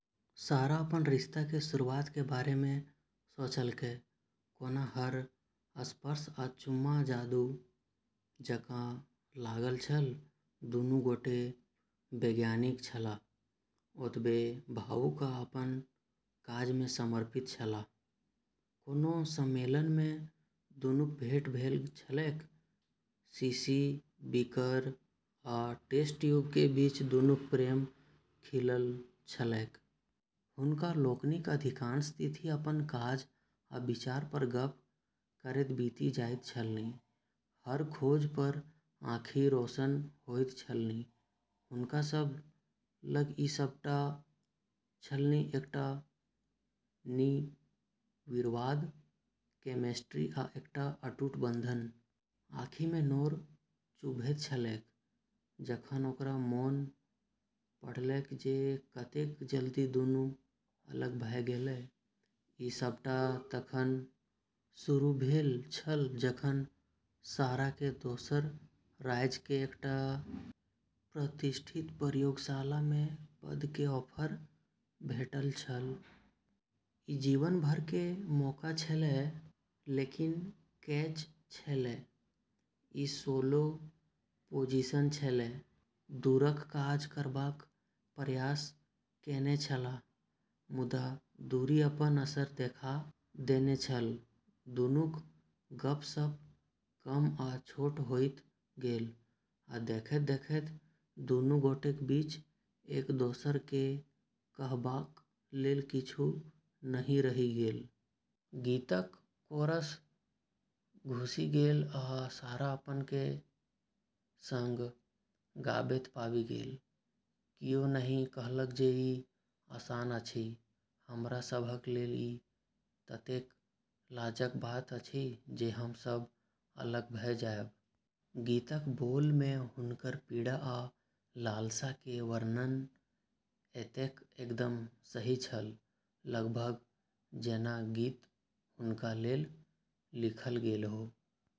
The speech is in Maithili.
सारा अपन रिश्ता के शुरुआत के बारे में सोचलकै, कोना हर स्पर्श आ चुम्मा जादू जकाँ लागल छल। दुनू गोटे वैज्ञानिक छलाह, ओतबे भावुक आ अपन काज मे समर्पित छलाह। कोनो सम्मेलन मे दुनूक भेंट भेल छलैक, शीशी, बीकर, आ टेस्ट ट्यूब के बीच दुनूक प्रेम खिलल छलैक। हुनका लोकनिक अधिकांश तिथि अपन काज आ विचार पर गप्प करैत बीति जाइत छलनि, हर खोज पर आँखि रोशन होइत छलनि। हुनका सब लग ई सबटा छलनि, एकटा निर्विवाद केमिस्ट्री आ एकटा अटूट बंधन। आँखि मे नोर चुभैत छलैक जखन ओकरा मोन पड़लैक जे कतेक जल्दी दुनू अलग भ' गेलै। ई सबटा तखन शुरू भेल छल जखन सारा के दोसर राज्य के एकटा प्रतिष्ठित प्रयोगशाला मे पद के ऑफर भेटल छल। ई जीवन भर के मौका छेलै, लेकिन कैच छेलै, ई सोलो पोजीशन छेलै। दूरक काज करबाक प्रयास केने छलाह, मुदा दूरी अपन असर देखा देने छल। दुनूक गप्प-सप्प कम आ छोट होइत गेल, आ देखैत-देखैत दुनू गोटेक बीच एक-दोसर केँ कहबाक लेल किछु नहि रहि गेल। गीतक कोरस घुसि गेल आ सारा अपन केँ संग गाबैत पाबि गेल, "कियो नहि कहलक जे ई आसान अछि, हमरा सभक लेल ई ततेक लाजक बात अछि जे हम सभ अलग भ' जायब।" गीतक बोल मे हुनकर पीड़ा आ लालसा के वर्णन एतेक एकदम सही छल; लगभग जेना गीत हुनका लेल लिखल गेल हो।